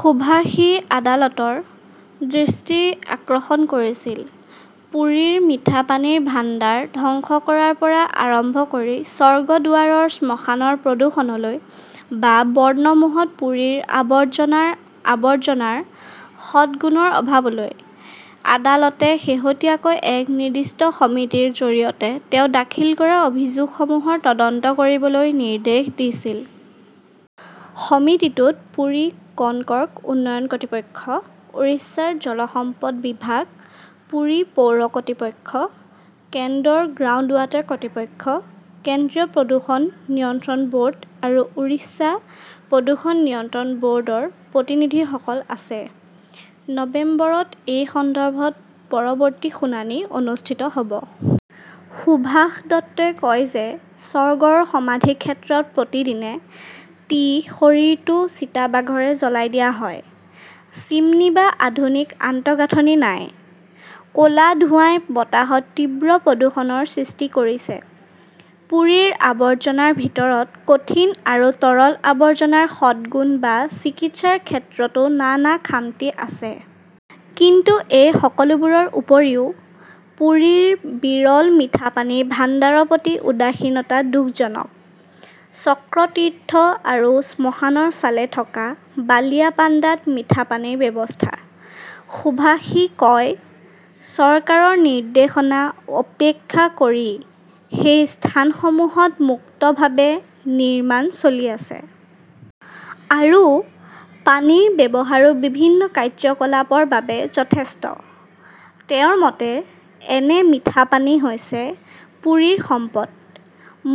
সুভাষই আদালতৰ দৃষ্টি আকৰ্ষণ কৰিছিল পুৰীৰ মিঠা পানীৰ ভাণ্ডাৰ ধ্বংস কৰাৰ পৰা আৰম্ভ কৰি স্বৰ্গ দুৱাৰৰ শ্মশানৰ প্ৰদূষণলৈ বা বৰ্ণমোহত পুৰীৰ আৱৰ্জনাৰ আৱৰ্জনাৰ সদ্গুণৰ অভাৱলৈ। আদালতে শেহতীয়াকৈ এক নিৰ্দিষ্ট সমিতিৰ জৰিয়তে তেওঁ দাখিল কৰা অভিযোগসমূহৰ তদন্ত কৰিবলৈ নিৰ্দেশ দিছিল। সমিতিটোত পুৰী কনকৰ্ক উন্নয়ন কৰ্তৃপক্ষ, উৰিষ্যাৰ জল সম্পদ বিভাগ, পুৰী পৌৰ কৰ্তৃপক্ষ, কেন্দ্ৰৰ গ্ৰাউণ্ড ৱাটাৰ কৰ্তৃপক্ষ, কেন্দ্ৰীয় প্ৰদূষণ নিয়ন্ত্ৰণ ব "ৰ্ড আৰু উৰিষ্যা প্ৰদূষণ নিয়ন্ত্ৰণ ব" ৰ্ডৰ প্ৰতিনিধিসকল আছে। নৱেম্বৰত এই সন্দৰ্ভত পৰৱৰ্তী শুনানি অনুষ্ঠিত হ "ব। সুভাষ দত্তই কয় যে স্বৰ্গৰ সমাধিক্ষেত্ৰত প্ৰতিদিনে টি শৰীৰটো চিতাবাঘৰে জ্বলাই দিয়া হয়। চিমনী বা আধুনিক আন্তঃগাঁথনি নাই। ক 'লা ধোঁৱাই বতাহত তীব্ৰ প্ৰদূষণৰ সৃষ্টি কৰিছে। পুৰীৰ আৱৰ্জনাৰ ভিতৰত কঠিন আৰু তৰল আৱৰ্জনাৰ সদ্গুণ বা চিকিৎসাৰ ক্ষেত্ৰতো নানা খামতি আছে। কিন্তু এই সকলোবোৰৰ উপৰিও, পুৰীৰ বিৰল মিঠা পানীৰ ভাণ্ডাৰৰ প্ৰতি উদাসীনতা দুখজনক। চক্ৰতীৰ্থ আৰু শ্মশানৰ ফালে থকা বালিয়াপাণ্ডাত মিঠা পানীৰ ব্যৱস্থা। সুভাষই কয়, "চৰকাৰৰ নিৰ্দেশনা উপেক্ষা কৰি সেই স্থানসমূহত মুক্তভাৱে নিৰ্মাণ চলি আছে। আৰু পানীৰ ব্যৱহাৰো বিভিন্ন কাৰ্যকলাপৰ বাবে যথেষ্ট। "তেওঁৰ মতে", এনে মিঠা পানী হৈছে পুৰীৰ সম্পদ।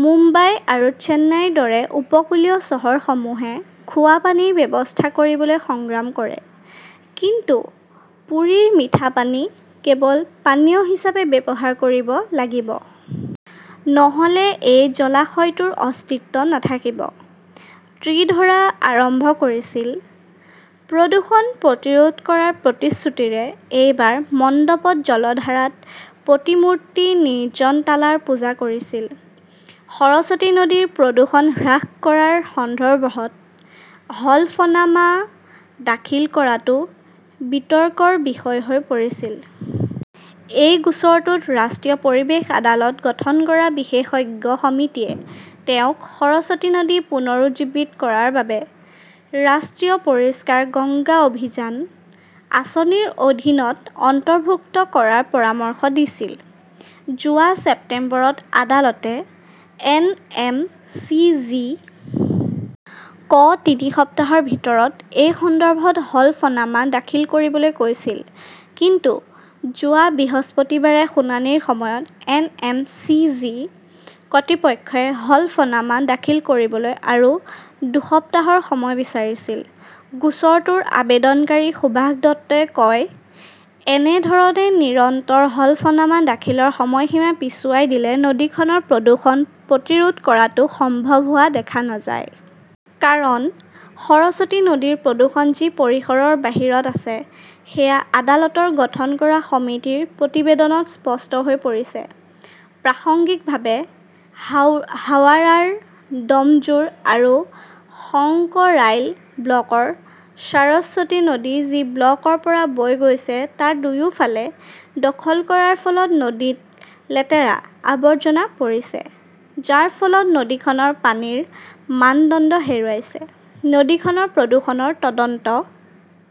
মুম্বাই আৰু চেন্নাইৰ দৰে উপকূলীয় চহৰসমূহে খোৱা পানীৰ ব্যৱস্থা কৰিবলৈ সংগ্ৰাম কৰে। কিন্তু পুৰীৰ মিঠা পানী কেৱল পানীয় হিচাপে ব্যৱহাৰ কৰিব লাগিব। নহ "লে এই জলাশয়টোৰ অস্তিত্ব নাথাকিব। "। ত্ৰিধৰা আৰম্ভ কৰিছিল, প্ৰদূষণ প্ৰতিৰোধ কৰাৰ প্ৰতিশ্ৰুতিৰে এইবাৰ মণ্ডপত জলধাৰাত প্ৰতিমূৰ্তি নিৰ্জন টালাৰ পূজা কৰিছিল। সৰস্বতী নদীৰ প্ৰদূষণ হ্ৰাস কৰাৰ সন্দৰ্ভত হলফনামা দাখিল কৰাটো বিতৰ্কৰ বিষয় হৈ পৰিছিল। এই গোচৰটোত ৰাষ্ট্ৰীয় পৰিৱেশ আদালত গঠন কৰা বিশেষজ্ঞ সমিতিয়ে তেওঁক সৰস্বতী নদী পুনৰুজ্জীৱিত কৰাৰ বাবে 'ৰাষ্ট্ৰীয় পৰিষ্কাৰ গংগা অভিযান " আঁচনিৰ অধীনত অন্তৰ্ভুক্ত কৰাৰ পৰামৰ্শ দিছিল। যোৱা ছেপ্টেম্বৰত আদালতে এন. এম. চি. জি. ক তিনি সপ্তাহৰ ভিতৰত এই সন্দৰ্ভত হলফনামা দাখিল কৰিবলৈ কৈছিল। কিন্তু যোৱা বৃহস্পতিবাৰে শুনানিৰ সময়ত এন. এম. চি. জি. কৰ্তৃপক্ষই হলফনামা দাখিল কৰিবলৈ আৰু দুসপ্তাহৰ সময় বিচাৰিছিল। গোচৰটোৰ আবেদনকাৰী সুভাষ দত্তই কয়, "এনে ধৰণে নিৰন্তৰ হলফনামা দাখিলৰ সময়সীমা পিছুৱাই দিলে নদীখনৰ প্ৰদূষণ প্ৰতিৰোধ কৰাটো সম্ভৱ হোৱা দেখা নাযায়। কাৰণ, সৰস্বতী নদীৰ প্ৰদূষণ যি পৰিসৰৰ বাহিৰত আছে সেয়া আদালতৰ গঠন কৰা সমিতিৰ প্ৰতিবেদনত স্পষ্ট হৈ পৰিছে। "প্ৰাসংগিকভাৱে, হাৱাৰাৰ ডমজুৰ আৰু শংকৰাইল ব্লকৰ চাৰস্বতী নদী যি ব্লকৰ পৰা বৈ গৈছে তাৰ দুয়োফালে দখল কৰাৰ ফলত নদীত লেতেৰা, আৱৰ্জনা পৰিছে। যাৰ ফলত নদীখনৰ পানীৰ মানদণ্ড হেৰুৱাইছে। নদীখনৰ প্ৰদূষণৰ তদন্ত